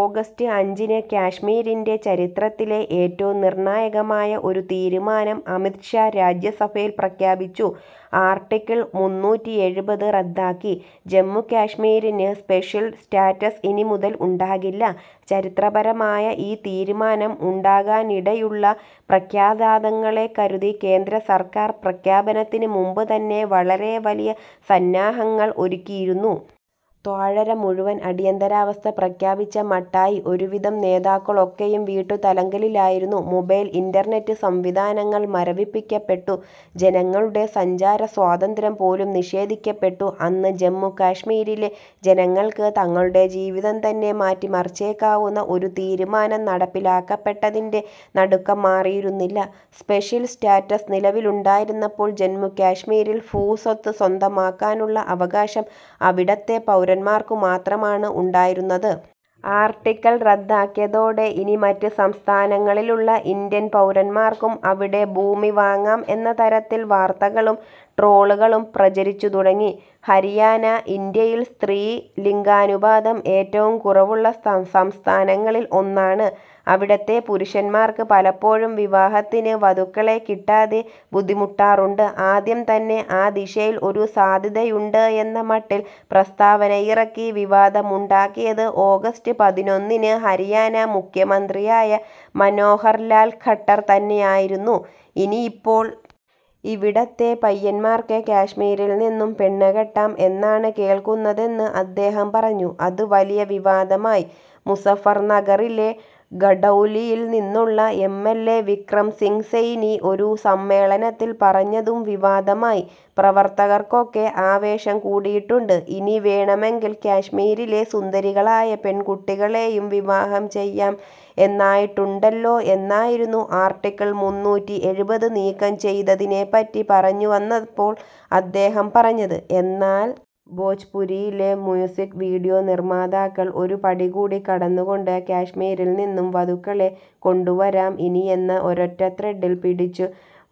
August അഞ്ചിന് കശ്മീരിൻ്റെ ചരിത്രത്തിലെ ഏറ്റവും നിർണായകമായ ഒരു തീരുമാനം അമിത് ഷാ രാജ്യസഭയിൽ പ്രഖ്യാപിച്ചു. ആർട്ടിക്കിൾ മുന്നൂറ്റി എഴുപത് റദ്ദാക്കി. ജമ്മു കശ്മീരിന് സ്പെഷ്യൽ സ്റ്റാറ്റസ് ഇനി മുതൽ ഉണ്ടാകില്ല. ചരിത്രപരമായ ഈ തീരുമാനം ഉണ്ടാകാനിടയുള്ള പ്രത്യാഘാതങ്ങളെക്കരുതി കേന്ദ്ര സർക്കാർ പ്രഖ്യാപനത്തിനു മുമ്പുതന്നെ വളരെ വലിയ സന്നാഹങ്ങൾ ഒരുക്കിയിരുന്നു. താഴ്വര മുഴുവൻ അടിയന്തരാവസ്ഥ പ്രഖ്യാപിച്ച മട്ടായി. ഒരു വിധം നേതാക്കളൊക്കെയും വീട്ടുതടങ്കലിലായിരുന്നു. മൊബൈൽ ഇന്റർനെറ്റ് സംവിധാനങ്ങൾ മരവിപ്പിക്കപ്പെട്ടു. ജനങ്ങളുടെ സഞ്ചാര സ്വാതന്ത്ര്യം പോലും നിഷേധിക്കപ്പെട്ടു. അന്ന് ജമ്മു കശ്മീരിലെ ജനങ്ങൾക്ക് തങ്ങളുടെ ജീവിതം തന്നെ മാറ്റിമറിച്ചേക്കാവുന്ന ഒരു തീരുമാനം നടപ്പിലാക്കപ്പെട്ടതിൻ്റെ നടുക്കം മാറിയിരുന്നില്ല. സ്പെഷ്യൽ സ്റ്റാറ്റസ് നിലവിലുണ്ടായിരുന്നപ്പോൾ ജമ്മു കശ്മീരിൽ ഭൂസ്വത്ത് സ്വന്തമാക്കാനുള്ള അവകാശം അവിടത്തെ പൗരന്മാർക്കുമാത്രമാണ് ഉണ്ടായിരുന്നത്. ആർട്ടിക്കിൾ റദ്ദാക്കിയതോടെ ഇനി മറ്റ് സംസ്ഥാനങ്ങളിലുള്ള ഇന്ത്യൻ പൗരന്മാർക്കും അവിടെ ഭൂമി വാങ്ങാം എന്ന തരത്തിൽ വാർത്തകളും ട്രോളുകളും പ്രചരിച്ചുതുടങ്ങി. ഹരിയാന ഇന്ത്യയിൽ സ്ത്രീ ലിംഗാനുപാതം ഏറ്റവും കുറവുള്ള സംസ്ഥാനങ്ങളിൽ ഒന്നാണ്. അവിടത്തെ പുരുഷന്മാർക്ക് പലപ്പോഴും വിവാഹത്തിന് വധുക്കളെ കിട്ടാതെ ബുദ്ധിമുട്ടാറുണ്ട്. ആദ്യം തന്നെ ആ ദിശയിൽ ഒരു സാധ്യതയുണ്ട് എന്ന മട്ടിൽ പ്രസ്താവനയിറക്കി വിവാദമുണ്ടാക്കിയത് ഓഗസ്റ്റ് പതിനൊന്നിന് ഹരിയാന മുഖ്യമന്ത്രിയായ മനോഹർ ലാൽ ഖട്ടർ തന്നെയായിരുന്നു. ഇനിയിപ്പോൾ ഇവിടത്തെ പയ്യന്മാർക്ക് കശ്മീരിൽനിന്നും പെണ്ണുകെട്ടാം എന്നാണ് കേൾക്കുന്നത് എന്ന് അദ്ദേഹം പറഞ്ഞു. അത് വലിയ വിവാദമായി. മുസഫർനഗറിലെ ഖടൗലിയിൽ നിന്നുള്ള എംഎൽഎ വിക്രം സിംഗ് സെയ്നി ഒരു സമ്മേളനത്തിൽ പറഞ്ഞതും വിവാദമായി. പ്രവർത്തകർക്കൊക്കെ ആവേശം കൂടിയിട്ടുണ്ട്. ഇനി വേണമെങ്കിൽ കശ്മീരിലെ സുന്ദരികളായ പെൺകുട്ടികളെയും വിവാഹം ചെയ്യാം എന്നായിട്ടുണ്ടല്ലോ എന്നായിരുന്നു ആർട്ടിക്കിൾ മുന്നൂറ്റി എഴുപത് നീക്കം ചെയ്തതിനെപ്പറ്റി പറഞ്ഞുവന്നപ്പോൾ അദ്ദേഹം പറഞ്ഞത്. എന്നാൽ ഭോജ്പുരിയിലെ മ്യൂസിക് വീഡിയോ നിർമാതാക്കൾ ഒരു പടികൂടി കടന്നുകൊണ്ട് കശ്മീരിൽനിന്നും വധുക്കളെ കൊണ്ടുവരാം ഇനി എന്ന ഒരൊറ്റ ത്രെഡിൽ പിടിച്ച്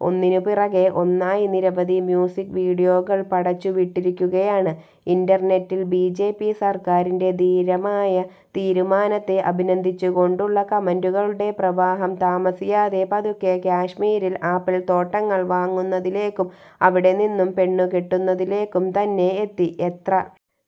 ഒന്നിനുപിറകെ ഒന്നായി നിരവധി മ്യൂസിക് വീഡിയോകൾ പടച്ചുവിട്ടിരിക്കുകയാണ്. ഇന്റർനെറ്റിൽ ബിജെപി സർക്കാരിൻ്റെ ധീരമായ തീരുമാനത്തെ അഭിനന്ദിച്ചുകൊണ്ടുള്ള കമന്റുകളുടെ പ്രവാഹം താമസിയാതെ പതുക്കെ കശ്മീരിൽ ആപ്പിൾ തോട്ടങ്ങൾ വാങ്ങുന്നതിലേക്കും അവിടെനിന്നും പെണ്ണുകെട്ടുന്നതിലേക്കും തന്നെ എത്തി.എത്ര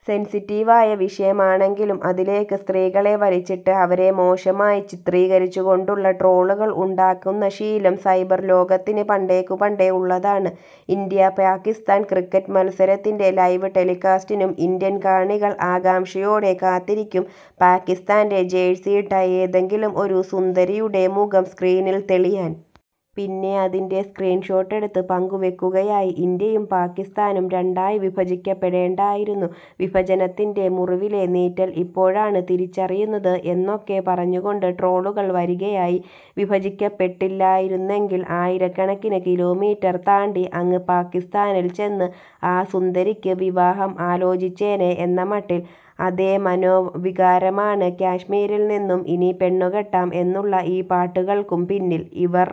സെൻസിറ്റീവായ വിഷയമാണെങ്കിലും അതിലേക്ക് സ്ത്രീകളെ വലിച്ചിട്ട് അവരെ മോശമായി ചിത്രീകരിച്ചുകൊണ്ടുള്ള ട്രോളുകൾ ഉണ്ടാക്കുന്ന ശീലം സൈബർ ലോകത്തിന് പണ്ടേക്കുപണ്ടേ ഉള്ളതാണ്. ഇന്ത്യ പാകിസ്ഥാൻ ക്രിക്കറ്റ് മത്സരത്തിൻ്റെ ലൈവ് ടെലികാസ്റ്റിലും ഇന്ത്യൻ കാണികൾ ആകാംക്ഷയോടെ കാത്തിരിക്കും പാകിസ്ഥാൻ്റെ ജേഴ്സിയിട്ട ഏതെങ്കിലും ഒരു സുന്ദരിയുടെ മുഖം സ്ക്രീനിൽ തെളിയാൻ. പിന്നെ അതിൻ്റെ സ്ക്രീൻഷോട്ടെടുത്ത് പങ്കുവെക്കുകയായി. ഇന്ത്യയും പാകിസ്ഥാനും രണ്ടായി വിഭജിക്കപ്പെടേണ്ടായിരുന്നു. വിഭജനത്തിൻ്റെ മുറിവിലെ നീറ്റൽ ഇപ്പോഴാണ് തിരിച്ചറിയുന്നത് എന്നൊക്കെ പറഞ്ഞുകൊണ്ട് ട്രോളുകൾ വരികയായി. വിഭജിക്കപ്പെട്ടില്ലായിരുന്നെങ്കിൽ ആയിരക്കണക്കിന് കിലോമീറ്റർ താണ്ടി അങ്ങ് പാകിസ്ഥാനിൽ ചെന്ന് ആ സുന്ദരിക്ക് വിവാഹം ആലോചിച്ചേനെ എന്ന മട്ടിൽ. അതേ മനോവികാരമാണ് കശ്മീരിൽനിന്നും ഇനി പെണ്ണുകെട്ടാം എന്നുള്ള ഈ പാട്ടുകൾക്കും പിന്നിൽ. ഇവർ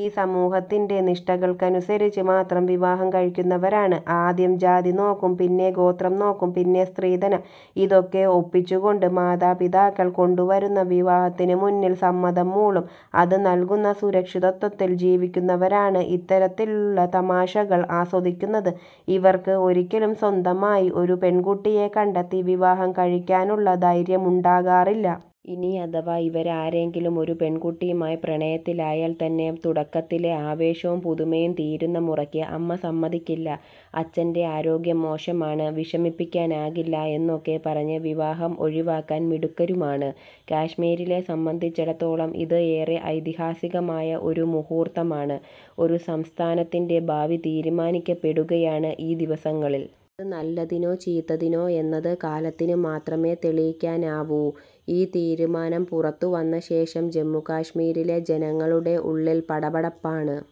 ഈ സമൂഹത്തിൻ്റെ നിഷ്ഠകൾക്കനുസരിച്ച് മാത്രം വിവാഹം കഴിക്കുന്നവരാണ്. ആദ്യം ജാതി നോക്കും, പിന്നെ ഗോത്രം നോക്കും, പിന്നെ സ്ത്രീധനം. ഇതൊക്കെ ഒപ്പിച്ചുകൊണ്ട് മാതാപിതാക്കൾ കൊണ്ടുവരുന്ന വിവാഹത്തിനുമുന്നിൽ സമ്മതം മൂളും. അത് നൽകുന്ന സുരക്ഷിതത്വത്തിൽ ജീവിക്കുന്നവരാണ് ഇത്തരത്തിലുള്ള തമാശകൾ ആസ്വദിക്കുന്നത്. ഇവർക്ക് ഒരിക്കലും സ്വന്തമായി ഒരു പെൺകുട്ടിയെ കണ്ടെത്തി വിവാഹം കഴിക്കാനുള്ള ധൈര്യമുണ്ടാകാറില്ല. ഇനി അഥവാ ഇവരാരെങ്കിലും ഒരു പെൺകുട്ടിയുമായി പ്രണയത്തിലായാൽ തന്നെ, തുടക്കത്തിലെ ആവേശവും പുതുമയും തീരുന്ന മുറയ്ക്ക് അമ്മ സമ്മതിക്കില്ല, അച്ഛൻ്റെ ആരോഗ്യം മോശമാണ്, വിഷമിപ്പിക്കാനാവില്ല എന്നൊക്കെ പറഞ്ഞ് വിവാഹം ഒഴിവാക്കാൻ മിടുക്കരുമാണ്. കശ്മീരിനെ സംബന്ധിച്ചിടത്തോളം ഇത് ഏറെ ഐതിഹാസികമായ ഒരു മുഹൂർത്തമാണ്. ഒരു സംസ്ഥാനത്തിൻ്റെ ഭാവി തീരുമാനിക്കപ്പെടുകയാണ് ഈ ദിവസങ്ങളിൽ. അത് നല്ലതിനോ ചീത്തതിനോ എന്നത് കാലത്തിനു മാത്രമേ തെളിയിക്കാനാവൂ. ഈ തീരുമാനം പുറത്തുവന്നശേഷം ജമ്മു കശ്മീരിലെ ജനങ്ങളുടെ ഉള്ളിൽ പടപടപ്പാണ്.